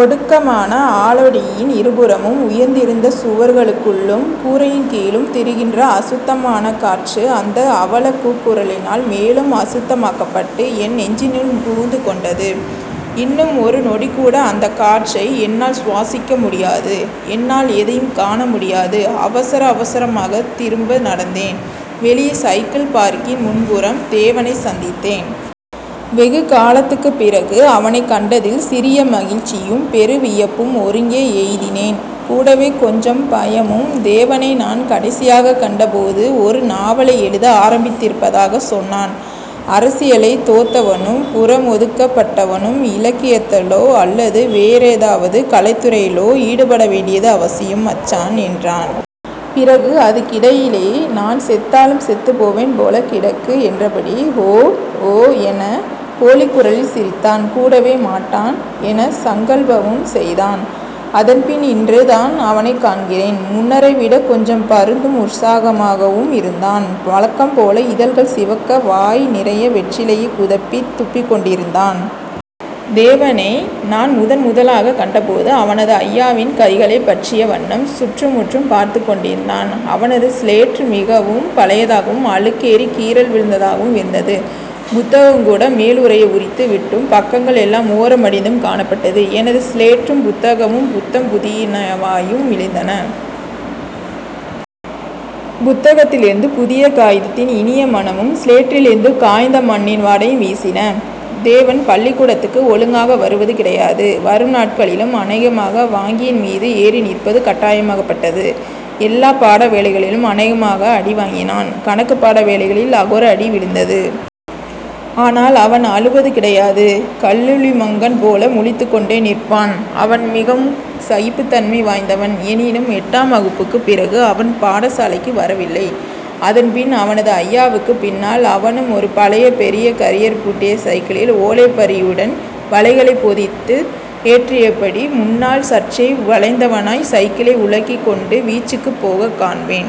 ஒடுக்கமான ஆளோடியின் இருபுறமும் உயர்ந்திருந்த சுவர்களுக்குள்ளும் கூரையின்கீழும் திரிகின்ற அசுத்தமான காற்று அந்த அவலக் கூக்குரலினால் மேலும் அசுத்தமாக்கப்பட்டு என் நெஞ்சினுள் புகுந்து கொண்டது. இன்னும் ஒரு நொடிகூட அந்தக்காற்றை என்னால் சுவாசிக்க முடியாது. என்னால் எதையும் காணமுடியாது. அவசர அவசரமாகத் திரும்ப நடந்தேன். வெளியே சைக்கிள் பார்க்கின் முன்புறம் தேவனைச் சந்தித்தேன். வெகுகாலத்துக்குப் பிறகு அவனைக் கண்டதில் சிறிய மகிழ்ச்சியும் பெருவியப்பும் ஒருங்கே எய்தினேன். கூடவே கொஞ்சம் பயமும். தேவனை நான் கடைசியாகக் கண்ட போது ஒரு நாவலை எழுத ஆரம்பித்திருப்பதாகச் சொன்னான். அரசியல்லை தோத்தவனும் புறமொதுக்கப் பட்டவனும் இலக்கியத்திலோ அல்லது வேறேதாவது கலைத்துறையிலோ ஈடுபடவேண்டியது அவசியம்.. மச்சான் என்றான். பிறகு அதுக்கிடையிலை நான் செத்தாலும் செத்துபோவன் போல கிடக்கு என்றபடி ஹோ... ஹோ என போலிக்குரலில் சிரித்தான். கூடவே மாட்டன்.. என சங்கல்பமும் செய்தான். அதன்பின் இன்று தான் அவனைக் காண்கிறேன். முன்னரைவிட கொஞ்சம் பருந்தும் உற்சாகமாகவும் இருந்தான். வழக்கம்போல இதழ்கள் சிவக்க வாய் நிறைய வெற்றிலையைக் குதப்பித் துப்பிக்கொண்டிருந்தான். தேவனை நான் முதன் முதலாகக் கண்டபோது அவனது அய்யாவின் கைகளைப் பற்றிய வண்ணம் சுற்றுமுற்றும் பார்த்துக் கொண்டிருந்தான். அவனது சிலேற் மிகவும் பழையதாகவும் அழுக்கேறிக் கீறல் விழுந்ததாகவும் இருந்தது. புத்தகம்கூட மேலுறையை உரித்து விட்டும் பக்கங்கள் எல்லாம் ஓரம்மடிந்தும் காணப்பட்டது. எனது சிலேற்றும் புத்தகமும் புத்தம் புதியனவாயும் மிளிர்ந்தன. புத்தகத்திலிருந்து புதிய காகிதத்தின் இனிய மணமும் சிலேற்றிலிருந்து காய்ந்த மண்ணின் வாடையும் வீசின. தேவன் பள்ளிக் கூடத்துக்கு ஒழுங்காக வருவது கிடையாது வரும் நாட்களிலும் அனேகமாக வாங்கின் மீது ஏறி நிற்பது கட்டாயமாகப் பட்டது. எல்லாப் பாட வேலைகளிலும் அநேகமாக அடி வாங்கினான். கணக்குப்பாட வேளைகளில் அகோர அடி விழுந்தது. ஆனால் அவன் அழுவது கிடையாது. கல்லுளி மங்கன் போல முழித்துக் கொண்டே நிற்பான். அவன் மிகவும் சகிப்புத் தன்மை வாய்ந்தவன். எனினும், எட்டாம் வகுப்புக்குப் பிறகு அவன் பாடசாலைக்கு வரவில்லை. அதன் பின் அவனது அய்யாவுக்குப் பின்னால் அவனும் ஒரு பழைய பெரிய கரியர் பூட்டிய சைக்கிளில் ஓலைப்பறியுடன் வலைகளைப் பொதிந்து ஏற்றியபடி முன்னால் சற்றே வளைந்தவனாய் சைக்கிளை உழக்கிக் கொண்டு வீச்சுக்குப் போகக் காண்பேன்.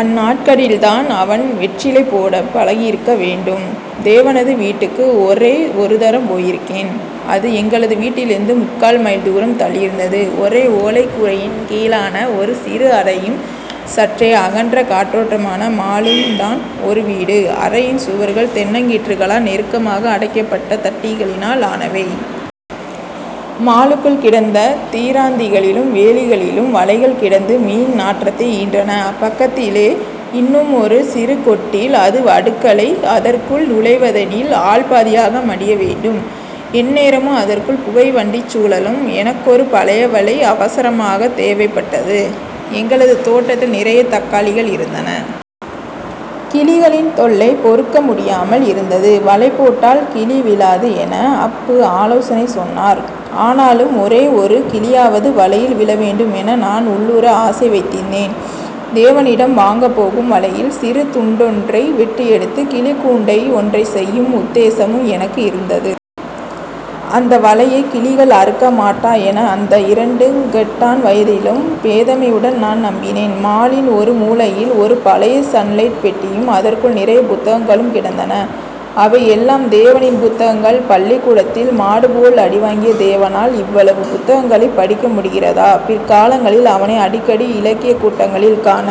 அந்நாட்களில் தான் அவன் வெற்றிலை போடப பழகியிருக்க வேண்டும். தேவனது வீட்டுக்கு ஒரே ஒருதரம் போயிருக்கிறேன். அது எங்களது வீட்டிலிருந்து முக்கால் மைல் தூரம் தள்ளியிருந்தது. ஒரே ஓலைக் கூரையின் கீழான ஒரு சிறு அறையும் சற்றே அகன்ற காற்றோட்டமான மாலும் தான் வீடு. அறையின் சுவர்கள் தென்னங்கீற்றுகளால் நெருக்கமாக அடைக்கப்பட்ட தட்டிகளினால் ஆனவை. மாலுக்குள் கிடந்த தீராந்திகளிலும் வேலிகளிலும் வலைகள் கிடந்து மீன் நாற்றத்தை ஈன்றன. பக்கத்திலே இன்னுமொரு சிறு கொட்டில். அது அடுக்களை. அதற்குள் நுழைவதெனில் ஆள்பாதியாக மடியவேண்டும். எந்நேரமும் அதற்குள் புகை வண்டிச் சுழலும். எனக்கொரு பழையவலை அவசரமாகத் தேவைப்பட்டது. எங்களது தோட்டத்தில் நிறைய தக்காளிகள் இருந்தன. கிளிகளின் தொல்லை பொறுக்க முடியாமல் இருந்தது. வலைபோட்டால் கிளிவிழாது என அப்பு ஆலோசனை சொன்னார். ஆனாலும் ஒரே ஒரு கிளியாவது வலையில் விழவேண்டும் என நான் உள்ளூர ஆசை வைத்திருந்தேன். தேவனிடம் வாங்கப் போகும் வலையில் சிறு துண்டொன்றை வெட்டியெடுத்து 'கிளிக்கூண்டு ஒன்றை செய்யும் உத்தேசமும் எனக்கு இருந்தது. அந்த வலையை கிளிகள் அறுக்க மாட்டா என அந்த இரண்டுங்கெட்டான் வயதிலும் பேதமையுடன் நான் நம்பினேன். மாலின் ஒரு மூலையில் ஒரு பழைய சன்லைட் பெட்டியும் அதற்குள் நிறையப் புத்தகங்களும் கிடந்தன. அவை எல்லாம் தேவனின் புத்தகங்கள் பள்ளிக்கூடத்தில் மாடுபோல் அடிவாங்கிய தேவனால் இவ்வளவு புத்தகங்களைப் படிக்க முடிகிறதா? பிற்காலங்களில் அவனை அடிக்கடி இலக்கியக் கூட்டங்களில் காண